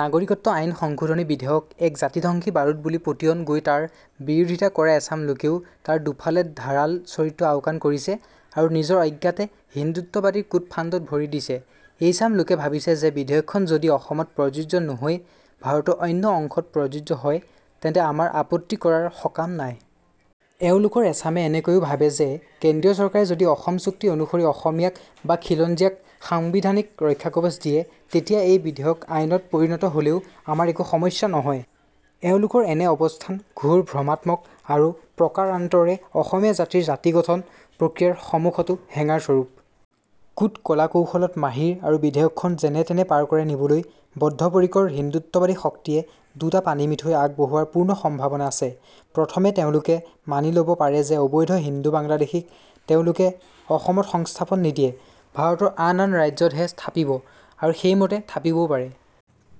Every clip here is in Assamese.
নাগৰিকত্ব আইন সংশোধনী বিধেয়ক এক জাতিধ্বংসী বাৰুদ বুলি পতিয়ন গৈ তাৰ বিৰোধিতা কৰা এচাম লোকেও তাৰ দুফালে ধাৰাল চৰিত্ৰ আওকাণ কৰিছে আৰু নিজৰ অজ্ঞাতে হিন্দুত্ববাদীৰ কূটফান্দত ভৰি দিছে। এইচাম লোকে ভাবিছে যে বিধেয়কখন যদি অসমত প্ৰযোজ্য নহৈ ভাৰতৰ অন্য অংশত প্ৰযোজ্য হয় তেন্তে আমাৰ আপত্তি কৰাৰ সকাম নাই। এওঁলোকৰ এচামে এনেকৈয়ো ভাবে যে কেন্দ্ৰীয় চৰকাৰে যদি অসম চুক্তি অনুসৰি অসমীয়াক বা খিলঞ্জীয়াক সাংবিধানিক ৰক্ষাকৱচ দিয়ে তেতিয়া এই বিধেয়ক আইনত পৰিণত হ'লেও আমাৰ একো সমস্যা নহয়। এওঁলোকৰ এনে অৱ্স্থান ঘোৰ ভ্ৰমাত্মক আৰু প্ৰকাৰান্তৰে অসমীয়া জাতিৰ জাতিগঠন প্ৰক্ৰিয়াৰ সমুখতো হেঙাৰস্বৰূপ। কূট কলাকৌশলত মাহিৰ আৰু বিধেয়কখন যেনেতেনে পাৰ কৰাই নিবলৈ বদ্ধপৰিকৰ হিন্দুত্ববাদী শক্তিয়ে দুটা পানীমিঠৈ আগ বঢ়োৱাৰ পূৰ্ণ সম্ভাৱনা আছে। প্ৰথমে তেওঁলোকে মানি ল'ব পাৰে যে অবৈধ হিন্দু বাংলাদেশীক তেওঁলোকে অসমত সংস্থাপন নিদিয়ে, ভাৰতৰ আন আন ৰাজ্যতহে থাপিব আৰু সেইমতে থাপিবও পাৰে।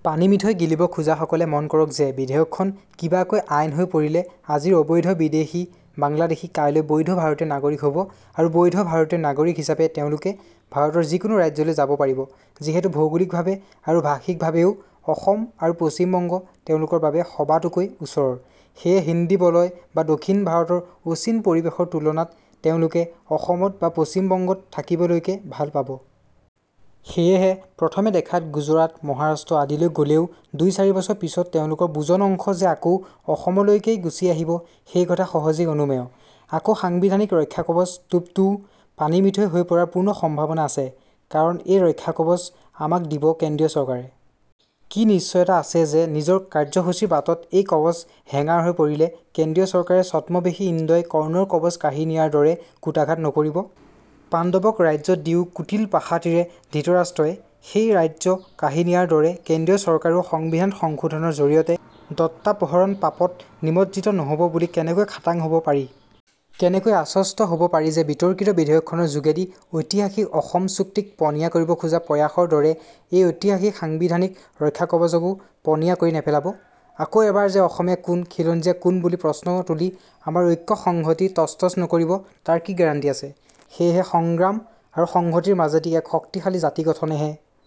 পানীমিঠৈ গিলিব খোজাসকলে মন কৰক যে বিধেয়কখন কিবাকৈ আইন হৈ পৰিলে আজিৰ অবৈধ বিদেশী বাংলাদেশী কাইলৈ বৈধ ভাৰতীয় নাগৰিক হ'ব আৰু বৈধ ভাৰতীয় নাগৰিক হিচাপে তেওঁলোকে ভাৰতৰ যিকোনো ৰাজ্যলৈ যাব পাৰিব। যিহেতু ভৌগোলিকভাৱে আৰু ভাষিকভাৱেও অসম আৰু পশ্চিম বংগ তেওঁলোকৰ বাবে সবাতোকৈ ওচৰৰ, সেয়ে হিন্দী বলয় বা দক্ষিণ ভাৰতৰ অচিন পৰিৱেশৰ তুলনাত তেওঁলোকে অসমত বা পশ্চিম বংগত থাকিবলৈকে ভাল পাব। সেয়েহে প্ৰথমে দেখাত গুজৰাট, মহাৰাষ্ট্ৰ আদিলৈ গলেও দুই-চাৰি বছৰ পিছত তেওঁলোকৰ বুজন অংশ যে আকৌ অসমলৈকেই গুছি আহিব সেইকথা সহজেই অনুমেয়। আকৌ সাংবিধানিক ৰক্ষাকৱচ টোপটোও পানীমিঠৈ হৈ পৰাৰ পূৰ্ণ সম্ভাৱনা আছে। কাৰণ এই ৰক্ষাকৱচ আমাক দিব কেন্দ্ৰীয় চৰকাৰে। কি নিশ্চয়তা আছে যে নিজৰ কাৰ্যসূচীৰ বাটত এই কৱচ হেঙাৰ হৈ পৰিলে কেন্দ্ৰীয় চৰকাৰে ছদ্মবেশী ইন্দ্ৰই কৰ্ণৰ কৱচ কাঢ়ি নিয়াৰ দৰে কূটাঘাত নকৰিব? পাণ্ডৱক ৰাজ্য দিও কুটিল পাশাটিৰে ধৃতৰাষ্ট্ৰই সেই ৰাজ্য কাঢ়ি নিয়াৰ দৰে কেন্দ্ৰীয় চৰকাৰেও সংবিধান সংশোধনৰ জৰিয়তে দত্তাপহৰণ পাপত নিমজ্জিত নহব বুলি কেনেকৈ খাটাং হ'ব পাৰি? কেনেকৈ আশ্বস্ত হ'ব পাৰি যে বিতৰ্কিত বিধেয়কখনৰ যোগেদি ঐতিহাসিক অসম চুক্তিক পনীয়া কৰিব খোজা প্ৰয়াসৰ দৰে এই ঐতিহাসিক সাংবিধানিক ৰক্ষাকৱচকো পনীয়া কৰি নেপেলাব? আকৌ এবাৰ যে অসমীয়া কোন, খিলঞ্জীয়া কোন বুলি প্ৰশ্ন তুলি আমাৰ ঐক্য-সংহতি তছনছ নকৰিব তাৰ কি গেৰাণ্টি আছে? সেয়েহে সংগ্ৰাম আৰু সংহতিৰ মাজেদি এক শক্তিশালী জাতিগঠনেহে